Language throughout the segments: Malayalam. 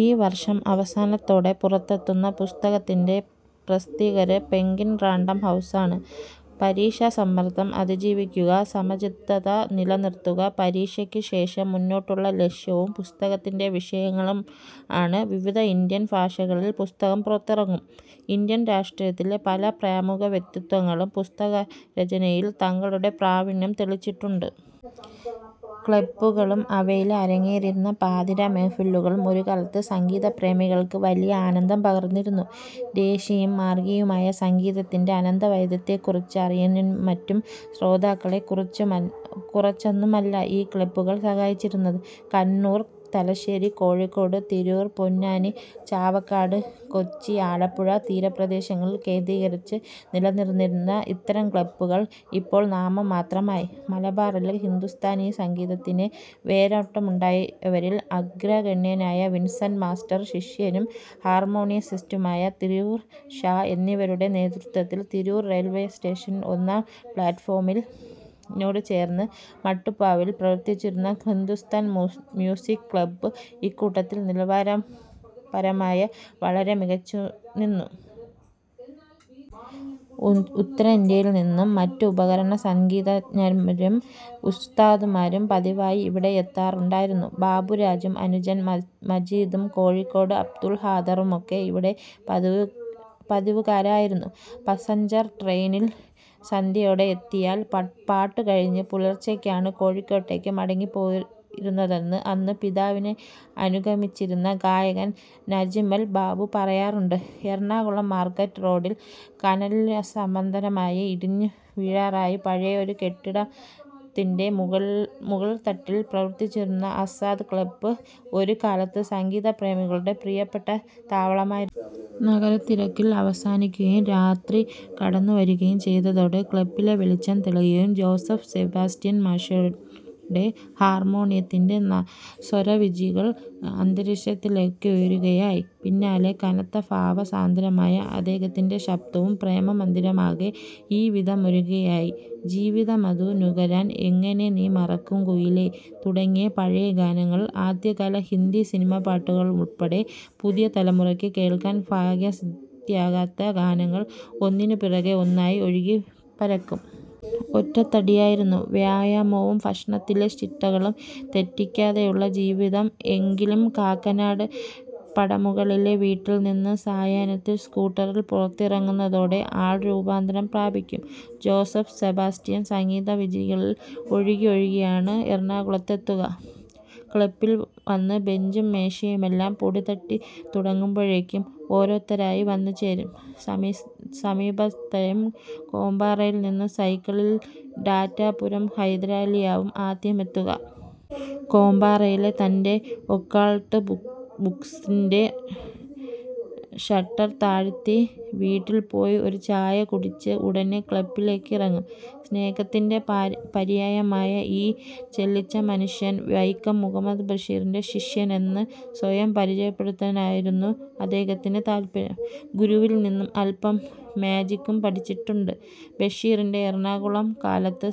ഈ വര്ഷം അവസാനത്തോടെ പുറത്തെത്തുന്ന പുസ്തകത്തിന്റെ പ്രസാധകര് പെന്ഗ്വിന് റാന്ഡം ഹൗസാണ്. പരീക്ഷാ സമ്മര്ദം അതിജീവിക്കുക, സമചിത്തത നില നിര്ത്തുക, പരീക്ഷയ്ക്കു ശേഷം മുന്നോട്ടുള്ള ലക്ഷ്യവും പുസ്തകത്തിന്റെ വിഷയങ്ങളാണ്. വിവിധ ഇന്ത്യന് ഭാഷകളില് പുസ്തകം പുറത്തിറങ്ങും. ഇന്ത്യന് രാഷ്ട്രീയത്തിലെ പല പ്രമുഖ വ്യക്തിത്വങ്ങളും പുസ്തകരചനയില് തങ്ങളുടെ പ്രാവീണ്യം തെളിയിച്ചിട്ടുണ്ട്. ക്ളബ്ബുകളും അവയിൽ അരങ്ങേറിയിരുന്ന പാതിരാ മെഹ്ഫിലുകളും ഒരുകാലത്ത് സംഗീതപ്രേമികൾക്ക് വലിയ ആനന്ദം പകർന്നിരുന്നു. ദേശിയും മാർഗിയുമായ സംഗീതത്തിന്റെ അനന്തവൈവിധ്യത്തെക്കുറിച്ചറിയാനുംമറ്റും ശ്രോതാക്കളെ കുറച്ചൊന്നുമല്ല ഈ ക്ളബ്ബുകൾ സഹായിച്ചിരുന്നത്. കണ്ണൂർ, തലശ്ശേരി, കോഴിക്കോട്, തിരൂർ, പൊന്നാനി, ചാവക്കാട്, കൊച്ചി, ആലപ്പുഴ തീരപ്രദേശങ്ങൾ കേന്ദ്രീകരിച്ച് നിലനിന്നിരുന്ന ഇത്തരം ക്ളബ്ബുകൾ ഇപ്പോൾ നാമമാത്രമായി. മലബാറിൽ ഹിന്ദുസ്ഥാനി സംഗീതത്തിന് വേരോട്ടമുണ്ടാക്കിയവരിൽ അഗ്രഗണ്യനായ വിൻസെന്റ് മാസ്റ്റർ, ശിഷ്യനും ഹാർമോണിസ്റ്റുമായ തിരൂർ ഷാ എന്നിവരുടെ നേതൃത്വത്തിൽ തിരൂർ റെയിൽവേസ്റ്റേഷൻ ഒന്നാം പ്ളാറ്റ്ഫോമിനോടുചേർന്ന് മട്ടുപ്പാവിൽ പ്രവർത്തിച്ചിരുന്ന ഹിന്ദുസ്ഥാൻ മ്യൂസിക് ക്ളബ്ബ് ഇക്കൂട്ടത്തിൽ നിലവാരപരമായി വളരെ മികച്ചുനിന്നു. ഉത്തരേന്ത്യയിൽനിന്നുംമറ്റും ഉപകരണസംഗീതജ്ഞരും ഉസ്താദുമാരും പതിവായി ഇവിടെ എത്താറുണ്ടായിരുന്നു. ബാബുരാജും അനുജൻ മജീദും കോഴിക്കോട് അബ്ദുൽഖാദറുമൊക്കെ ഇവിടെ പതിവുകാരായിരുന്നു. പാസഞ്ചർ ട്രെയിനിൽ സന്ധ്യയോടെ എത്തിയാൽ പാട്ടുകഴിഞ്ഞ് പുലർച്ചയ്ക്കാണ് കോഴിക്കോട്ടേക്ക് മടങ്ങിപ്പോയിരുന്നതെന്ന് അന്ന് പിതാവിനെ അനുഗമിച്ചിരുന്ന ഗായകൻ നജ്മൽ ബാബു പറയാറുണ്ട്. എറണാകുളം മാർക്കറ്റ് റോഡിൽ കനാലിനുസമാന്തരമായി ഇടിഞ്ഞുവീഴാറായ പഴയൊരു കെട്ടിടത്തിന്റെ മുകൾത്തട്ടിൽ പ്രവർത്തിച്ചിരുന്ന ആസാദ് ക്ളബ്ബ് ഒരു കാലത്ത് സംഗീതപ്രേമികളുടെ പ്രിയപ്പെട്ട താവളമായിരുന്നു. നഗരത്തിരക്കുകൾ അവസാനിക്കുകയും രാത്രി കടന്നുവരികയും ചെയ്യുന്നതോടെ ക്ളബ്ബിൽ വെളിച്ചം തെളിയും. ജോസഫ് സെബാസ്റ്റ്യൻ മാഷുടെ ഹാർമോണിയത്തിന്റെ സ്വരവീചികൾ അന്തരീക്ഷത്തിലേക്കുയരുകയായി.… പിന്നാലെ കനത്ത, ഭാവസാന്ദ്രമായ അദ്ദേഹത്തിന്റെ ശബ്ദവും. പ്രേമമന്ദിരമാകെ ഈവിധമെരിയുകയായ്, ജീവിതമധു നുകരാൻ, എങ്ങനെ നീ മറക്കും കുയിലേ തുടങ്ങിയ പഴയഗാനങ്ങളും ആദ്യകാല ഹിന്ദി സിനിമാപ്പാട്ടുകളുമുൾപ്പടെ പുതിയ തലമുറയ്ക്ക് കേൾക്കാൻ ഭാഗ്യംസിദ്ധിക്കാത്ത ഗാനങ്ങൾ ഒന്നിനുപിറകേ ഒന്നായി ഒഴുകിപ്പരക്കും. ഒറ്റത്തടിയായിരുന്നു. വ്യായാമവും ഭക്ഷണത്തിലെ ചിട്ടകളും തെറ്റിക്കാതെയുള്ള ജീവിതം. എങ്കിലും കാക്കനാട് പടമുകളിലെ വീട്ടിൽനിന്ന് സായാഹ്നത്തിൽ സ്കൂട്ടറിൽ പുറത്തിറങ്ങുന്നതോടെ ആൾ രൂപാന്തരം പ്രാപിക്കും. Joseph Sebastian സംഗീതവീചികളിൽ ഒഴുകിയൊഴുകിയാണ് എറണാകുളത്തെത്തുക. ക്ളബ്ബിൽ വന്ന് ബെഞ്ചും മേശയുമെല്ലാം പൊടിതട്ടിത്തുടങ്ങുമ്പോഴേക്കും ഓരോരുത്തരായി വന്നുചേരും. സമീപസ്ഥമായ കോമ്പാറയിൽനിന്ന് സൈക്കിളിൽ ടാറ്റാപുരം ഹൈദരലിയാവും ആദ്യമെത്തുക. കോമ്പാറയിലെ തന്റെ ഒക്കൾട്ട് ബുക്സിന്റെ ഷട്ടർ താഴ്ത്തി വീട്ടിൽ പോയി ഒരു ചായകുടിച്ച് ഉടനെ ക്ളബ്ബിലേക്കിറങ്ങും സ്നേഹത്തിന്റെ പര്യായമായ ഈ ചെല്ലിച്ച മനുഷ്യൻ. വൈക്കം മുഹമ്മദ് ബഷീറിന്റെ ശിഷ്യൻ എന്ന് സ്വയം പരിചയപ്പെടുത്താനായിരുന്നു അദ്ദേഹത്തിന് താത്പര്യം. ഗുരുവിൽനിന്ന് അൽപം മാജിക്കും പഠിച്ചിട്ടുണ്ട്. ബഷീറിന്റെ എറണാകുളംകാലത്തെ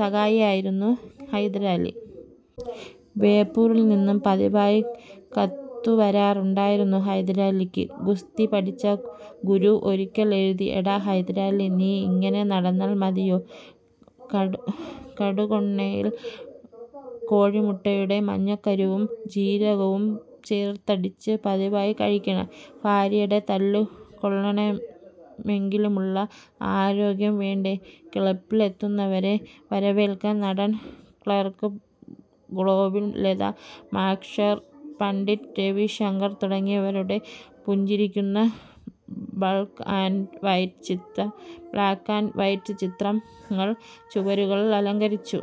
സഹായിയായിരുന്നു ഹൈദരാലി. ബേപ്പൂരിൽനിന്ന് പതിവായി കത്തുവരാറുണ്ടായിരുന്നു ഹൈദരാലിക്ക്. ഗുസ്തിപഠിച്ച ഗുരു ഒരിക്കൽ എഴുതി'എടാ ഹൈദരാലി, നീ ഇങ്ങനെ നടന്നാൽ മതിയോ. കടുകെണ്ണയിൽ കോഴിമുട്ടയുടെ മഞ്ഞക്കരുവും ജീരകവും ചേർത്തടിച്ച് പതിവായി കഴിക്കണം. ഭാര്യയുടെ തല്ലുകൊള്ളാനെങ്കിലുമുള്ള ആരോഗ്യം വേണ്ടേ. 'ക്ളബ്ബിലെത്തുന്നവരെ വരവേൽക്കാൻ നടൻ ക്ളാർക് ഗേബിൾ, ലതാ മങ്കേഷ്കർ, പണ്ഡിറ്റ് രവിശങ്കർ തുടങ്ങിയവരുടെ പുഞ്ചിരിക്കുന്ന ബ്ളാക്ക് ആൻഡ് വൈറ്റ് ചിത്രങ്ങൾ ചുവരുകളെ അലങ്കരിച്ചു.